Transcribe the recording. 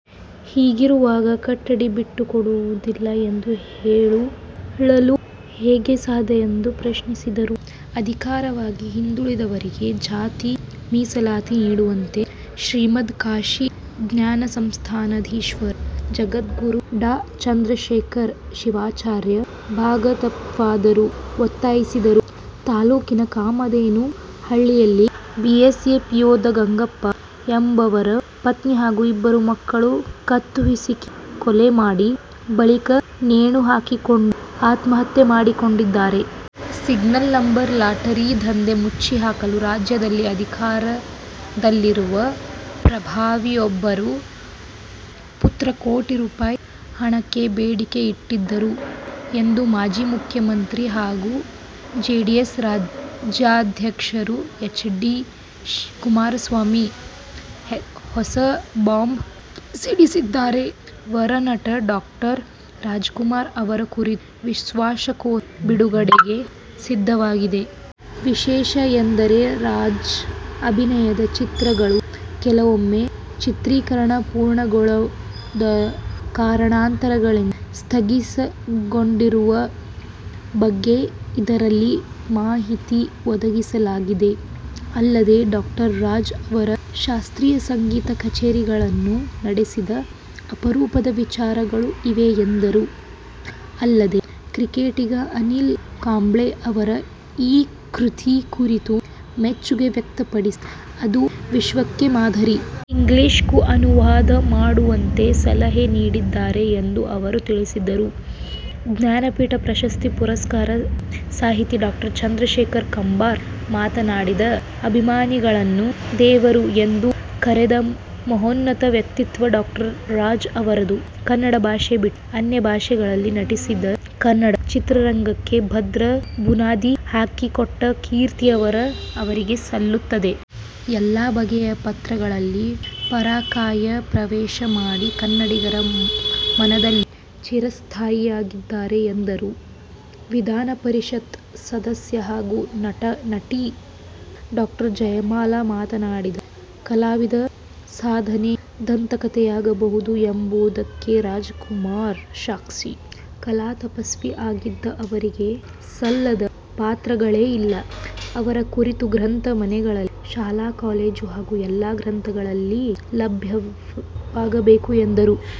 ಹೀಗಿರುವಾಗ ಕೊಠಡಿ ಬಿಟ್ಟುಕೊಡುವುದಿಲ್ಲ ಎಂದು ಹೇಳಲು ಹೇಗೆ ಸಾಧ್ಯಎಂದು ಪ್ರಶ್ನಿಸಿದರು. ಆರ್ಥಿಕವಾಗಿ ಹಿಂದುಳಿದವರಿಗೆ ಜಾತಿ ಮೀಸಲಾತಿ ನೀಡುವಂತೆ ಶ್ರೀಮದ್ ಕಾಶಿ ಜ್ಞಾನ ಸಿಂಹಾಸನಾಧೀಶ್ವರ ಜಗದ್ಗುರು ಡಾ ಚಂದ್ರಶೇಖರ ಶಿವಾಚಾರ್ಯ ಭಗವತ್ಪಾದರು ಒತ್ತಾಯಿಸಿದರು. ತಾಲೂಕಿನ ಕಾಮಧೇನ ಹಳ್ಳಿಯಲ್ಲಿ ಬಿಎಸ್ಎಫ್ ಯೋಧ ಗಂಗಪ್ಪ ಎಂಬುವರು ಪತ್ನಿ ಹಾಗೂ ಇಬ್ಬರು ಮಕ್ಕಳ ಕತ್ತು ಹಿಸುಕಿ ಕೊಲೆ ಮಾಡಿ, ಬಳಿಕ ನೇಣು ಹಾಕಿಕೊಂಡು ಆತ್ಮಹತ್ಯೆ ಮಾಡಿಕೊಂಡಿದ್ದಾರೆ. ಸಿಂಗಲ್ ನಂಬರ್ ಲಾಟರಿ ದಂಧೆ ಮುಚ್ಚಿಹಾಕಲು ರಾಜ್ಯದಲ್ಲಿ ಅಧಿಕಾರದಲ್ಲಿರುವ ಪ್ರಭಾವಿಯೊಬ್ಬರ ಪುತ್ರ ಕೋಟಿ ರೂ. ಹಣಕ್ಕೆ ಬೇಡಿಕೆ ಇಟ್ಟಿದ್ದರು ಎಂದು ಮಾಜಿ ಮುಖ್ಯಮಂತ್ರಿ ಹಾಗೂ ಜೆಡಿಎಸ್ ರಾಜ್ಯಾಧ್ಯಕ್ಷ ಎಚ್. ಡಿ. ಕುಮಾರಸ್ವಾಮಿ ಹೊಸ ಬಾಂಬ್ ಸಿಡಿಸಿದ್ದಾರೆ. ವರನಟ ಡಾ. ರಾಜ್ಕುಮಾರ್ ಅವರ ಕುರಿತ ವಿಶ್ವಕೋಶ ಬಿಡುಗಡೆಗೆ ಸಿದ್ಧವಾಗಿದೆ. ವಿಶೇಷ ಎಂದರೆ ರಾಜ್ ಅಭಿನಯನದ ಚಿತ್ರಗಳೂ ಕೆಲವೊಮ್ಮೆ ಚಿತ್ರೀಕರಣ ಪೂರ್ಣಗೊಳ್ಳದೆ ಕಾರಣಾಂತರಗಳಿಂದ ಸ್ಥಗಿತಗೊಂಡಿರುವ ಬಗ್ಗೆ ಇದರಲ್ಲಿ ಮಾಹಿತಿ ಒದಗಿಸಲಾಗಿದೆ. ಅಲ್ಲದೆ, ಡಾ. ರಾಜ್ ಅವರು ಶಾಸ್ತ್ರೀಯ ಸಂಗೀತ ಕಛೇರಿಗಳನ್ನು ನಡೆಸಿದ ಅಪರೂಪದ ವಿಚಾರಗಳು ಇವೆ ಎಂದರು. ಅಲ್ಲದೆ, ಕ್ರಿಕೆಟಿಗ ಅನಿಲ್ ಕುಂಬ್ಳೆ ಅವರು ಈ ಕೃತಿ ಕುರಿತು ಮೆಚ್ಚುಗೆ ವ್ಯಕ್ತಪಡಿಸಿ, ಇದು ವಿಶ್ವಕ್ಕೆ ಮಾದರಿ. ಇಂಗ್ಲಿಷ್ಗೂ ಅನುವಾದ ಮಾಡುವಂತೆ ಸಲಹೆ ನೀಡಿದ್ದಾರೆ ಎಂದೂ ಅವರು ತಿಳಿಸಿದರು. ಜ್ಞಾನಪೀಠ ಪ್ರಶಸ್ತಿ ಪುರಸ್ಕೃತ ಸಾಹಿತಿ ಡಾ. ಚಂದ್ರಶೇಖರ ಕಂಬಾರ ಮಾತನಾಡಿ, ಅಭಿಮಾನಿಗಳನ್ನು ದೇವರು ಎಂದು ಕರೆದ ಮಹೋನ್ನತ ವ್ಯಕ್ತಿತ್ವ ಡಾ. ರಾಜ್ ಅವರದ್ದು. ಕನ್ನಡ ಭಾಷೆ ಬಿಟ್ಟು, ಅನ್ಯ ಭಾಷೆಯಲ್ಲಿ ನಟಿಸದೆ ಕನ್ನಡ ಚಿತ್ರರಂಗಕ್ಕೆ ಭದ್ರ ಬುನಾದಿ ಹಾಕಿಕೊಟ್ಟ ಕೀರ್ತಿ ಅವರಿಗೆ ಸಲ್ಲುತ್ತದೆ. ಎಲ್ಲಾ ಬಗೆಯ ಪಾತ್ರಗಳಲ್ಲಿ ಪರಾಕಾಯ ಪ್ರವೇಶ ಮಾಡಿ ಕನ್ನಡಿಗರ ಮನದಲ್ಲಿ ಚಿರಸ್ಥಾಯಿಯಾಗಿದ್ದಾರೆ ಎಂದರು. ವಿಧಾನಪರಿಷತ್ ಸದಸ್ಯೆ ಹಾಗೂ ನಟಿ ಡಾ. ಜಯಮಾಲಾ ಮಾತನಾಡಿ, ಕಲಾವಿದರ ಸಾಧನೆ ದಂತಕಥೆಯಾಗಬಹುದು ಎಂಬುದಕ್ಕೆ ರಾಜ್ಕುಮಾರ್ ಸಾಕ್ಷಿ. ಕಲಾತಪಸ್ವಿ ಆಗಿದ್ದ ಅವರಿಗೆ ಸಲ್ಲದ ಪಾತ್ರಗಳೇ ಇಲ್ಲ. ಇವರ ಕುರಿತ ಗ್ರಂಥ ಮನೆಗಳಲ್ಲಿ, ಶಾಲಾ-ಕಾಲೇಜು ಹಾಗೂ ಎಲ್ಲಾ ಗ್ರಂಥಾಲಯಗಳಲ್ಲಿ ಲಭ್ಯವಾಗಬೇಕು ಎಂದರು.